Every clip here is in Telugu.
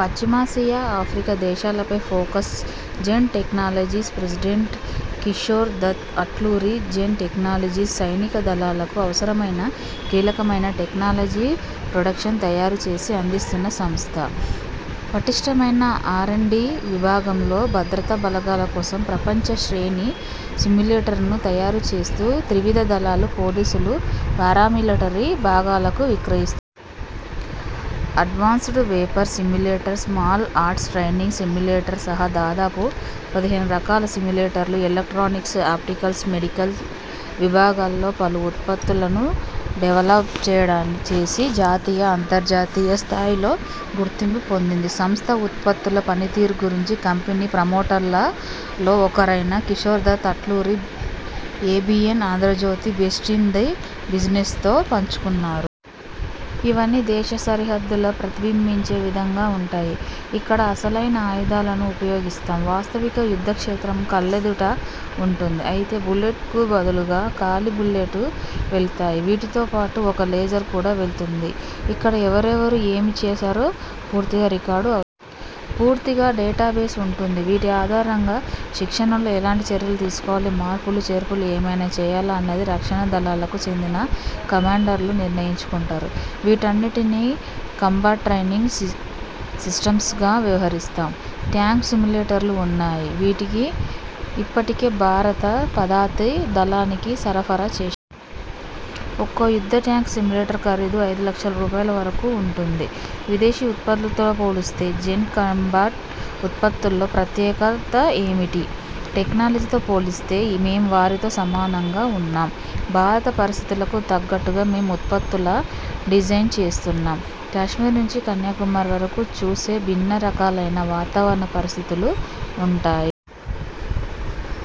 పశ్చిమాసియా, ఆఫ్రికా దేశాలపై focus. Zen Technologies president Kishore Dutt Atluri Zen Technologies సైనిక దళాలకు అవసరమైన కీలకమైన టెక్నాలజీ ప్రొడక్ట్స్ తయారు చేసి అందిస్తున్న సంస్థ. పటిష్ఠమైన ఆర్ అండ్ డి విభాగంలో భద్రతా బలగాల కోసం ప్రపంచ శ్రేణి సిమ్యులేటర్లను తయారు చేస్తూ త్రివిధ దళాలు, పోలీసులు, పారామిలటరీ బలగాలకు విక్రయిస్తోంది. Advanced weapon simulator, small arms training simulator సహా దాదాపు పదిహేను రకాల సిమ్యులేటర్లు, ఎలకాట్రనిక్స్, ఆప్టిక్స్, మెడికల్ విభాగాల్లో పలు ఉత్పత్తులను డెవల్ప చేసి జాతీయ, అంతర్జాతీయ స్థాయిలో గుర్తింపు పొందింది. సంస్థ ఉత్పత్తుల, పనితీరు గురించి కంపెనీ ప్రమోటర్లలో ఒకరైన Kishore Dutt Atluri 'ABN Andhra Jyothi best in the బిజినెస్'తో పంచుకున్నారు. ఇవన్నీ దేశ సరిహద్దులను ప్రతిబింబించే విధంగా ఉంటాయి. ఇక్కడ అసలైన ఆయుధాలను ఉపయోగిస్తాం. వాస్తవిక యుద్దక్షేత్రం కళ్లెదుట ఉంటుంది. అయితే బుల్లెట్స్కు బదులుగా ఖాళీ బుల్లెట్లు వెళతాయి. వీటితో పాటు ఒక లేజర్ కూడా వెళుతుంది. ఇక్కడ ఎవరెవరు ఏమి చేసారో పూర్తిగా రికార్డు అవుతుంది. పూర్తిగా డేటా బేస్ ఉంటుంది. వీటి ఆధారంగా శిక్షణలో ఎలాంటి చర్యలు తీసుకోవాలి. మార్పులు చేర్పులు ఏమైనా చేయాలా అన్నది రక్షణ దళాలకు చెందిన కమాండర్లు నిర్ణయించుకుంటారు. వీటన్నింటిని కంబాట్ ట్రైనింగ్ సిస్టమ్స్గా వ్యవహరిస్తాం. ట్యాంక్ సిమ్యులేటర్లు ఉన్నాయి. వీటికి ఇప్పటికే భారత పదాతి దళానికి సరఫరా చేశాం. ఒక్కో యుద్ద ట్యాంక్ సిమ్యులేటర్ ఖరీదు ఐదు లక్షల రూపాయల వరకు ఉంటుంది. విదేశీ ఉత్పత్తులతో పోల్చిస్తే జెన్ కంబాట్ ఉత్పత్తుల్లో ప్రత్యేకత ఏమిటి? టెక్నాలజీతో పోల్చితే మేం వారితో సమానంగా ఉన్నాం. భారత పరిస్థితులకు తగ్గట్టుగా మేం ఉత్పత్తుల డిజైన్ చేస్తున్నాం. కశ్మీర్ నుంచి కన్యాకుమారి వరకు చూసే భిన్న రకాలైన వాతావరణ పరిస్థితులు ఉంటాయి.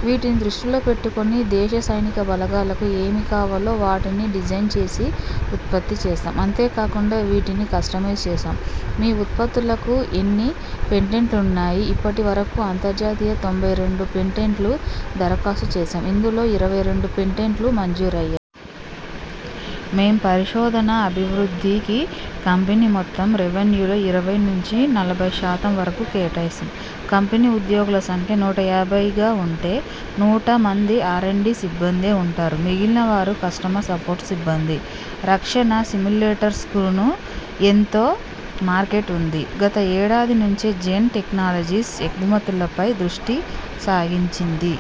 వీటిని దృష్టిలో పెట్టుకుని దేశ సైనిక బలగాలకు ఏమి కావాలో వాటిని డిజైన్ చేసి ఉత్పత్తి చేసాం. అంతే కాకుండా వీటిని కస్టమైజ్ చేస్తాం. మీ ఉత్పత్తులకు ఎన్ని పేటెంట్లున్నాయి? ఇప్పటి వరకు అంతర్జాతీయ తొంభై రెండు పేటెంట్లు దరఖాస్తు చేశాం. ఇందులో ఇరవై రెండు పేటెంట్లు మంజూరయ్యాయి. మేం పరిశోధన, అభివృద్ధి కి కంపెనీ మొత్తం రెవెన్యూలో ఇరవై నుంచి నలభై శాతం వరకు కేటాయిస్తాం. కంపెనీ ఉద్యోగుల సంఖ్య నూట యాభైగా ఉంటే నూట మంది ఆర్ అండ్ డి సిబ్బందే ఉంటారు. మిగిలిన వారు కస్టమర్ సపోర్ట్ సిబ్బంది. రక్షణ సిమ్యులేటర్స్కును ఎంతో మార్కెట్ ఉంది? గత ఏడాది నుంచే జెన్ టెక్నాలజీస్ ఎగుమతుల పై దృష్టి సారించింది.